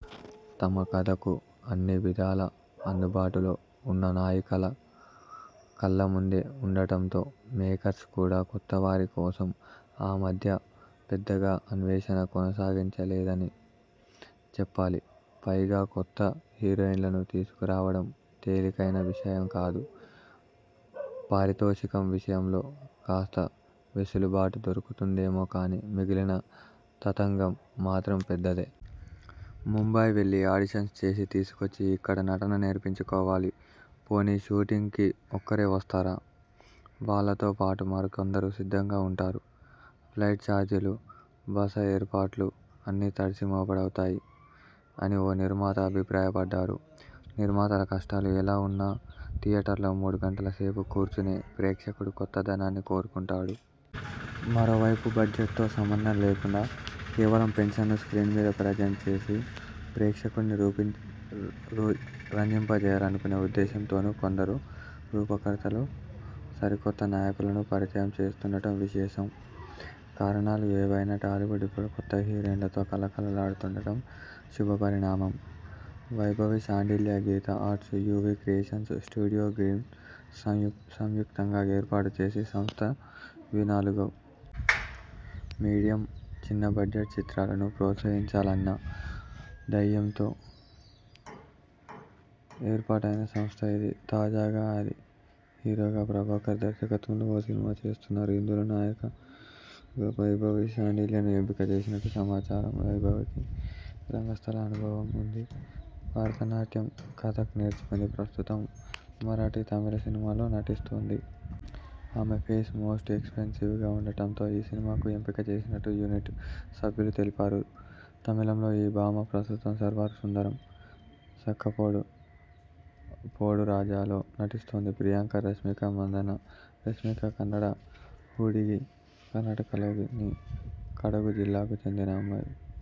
తమ కథకు అన్ని విధాలా అందుబాటులో ఉన్న నాయికలు కళ్ల ముందే ఉండటంతో మేకర్స్ కూడా కొత్తవారి కోసం ఆ మధ్య పెద్దగా అన్వేషణ సాగించలేదనే చెప్పాలి. పైగా, కొత్త హీరోయిన్లను తీసుకురావడం తేలికైన విషయంకాదు. పారితోషికం విషయంలో కాస్త వెసులుబాటు దొరుకుతుందేమో కానీ మిగిలిన తతంగం మాత్రం పెద్దదే. ముంబై వెళ్లి ఆడిషన్స్ చేసి తీసుకొచ్చి ఇక్కడ నటన నేర్పించుకోవాలి. పోనీ షూటింగ్కి ఒక్కరే వస్తారా? వాళ్లతో పాటు మరికొందరు సిద్ధంగా ఉంటారు. ఫ్లైట్ చార్జీలు, బస ఏర్పాట్లు అన్నీ తడిసి మోపెడవుతాయి అని ఓ నిర్మాత అభిప్రాయపడ్డారు. నిర్మాతల కష్టాలు ఎలా ఉన్నా థియేటర్లో మూడు గంటల సేపు కూర్చునే ప్రేక్షకుడు కొత్తదనాన్ని కోరుకుంటాడు. మరోవైపు బడ్జెట్తో సంబంధం లేకుండా, కేవలం ఫ్రెష్నెస్ను స్క్రీన్ మీద ప్రెజంట్ చేసి, ప్రేక్షకుడిని రంజింపజేయాలనుకునే ఉద్దేశంతోనూ కొందరు రూపకర్తలు సరికొత్త నాయికలను పరిచయం చేస్తుండటం విశేషం. కారణాలు ఏవైనా టాలీవుడ్ ఇప్పుడు కొత్త హీరోయిన్లతో కళకళలాడుతుండటం శుభపరిణామం. Vaibhavi Sandilya Geetha arts, UV creations, studio green సంయుక్తంగా ఏర్పాటు చేసిన సంస్థ వీనాలుగు. మీడియమ్, చిన్న బడ్జెట్ చిత్రాలను ప్రోత్సహించాలన్న ధ్యేయంతో ఏర్పాటైన సంస్థ ఇది. తాజాగా ఆది హీరోగా ప్రభాకర్ దర్శకత్వంలో ఓ సినిమా చేస్తున్నారు. ఇందులో నాయికగా వైభవి శాండిల్యను ఎంపిక చేసినట్టు సమాచారం. వైభవికి రంగస్థల అనుభవం ఉంది. భరతనాట్యం, కథక్ నేర్చుకుంది. ప్రస్తుతం మరాఠీ, తమిళ సినిమాల్లో నటిస్తోంది. ఆమె ఫేస్ మోస్ట్ ఎక్స్ప్రెసివ్గా ఉండటంతో ఈ సినిమాకు ఎంపిక చేసినట్టు యూనిట్ సభ్యులు తెలిపారు. తమిళంలో ఈ భామ ప్రస్తుతం 'సర్వర్ సుందరం', 'సక్కపోడు పోడు రాజా'లో నటిస్తోంది. ప్రియాంక రష్మికా మండన్న రష్మిక కన్నడ హుడుగి. కర్ణాటకలోని కొడగు జిల్లాకు చెందిన అమ్మాయి.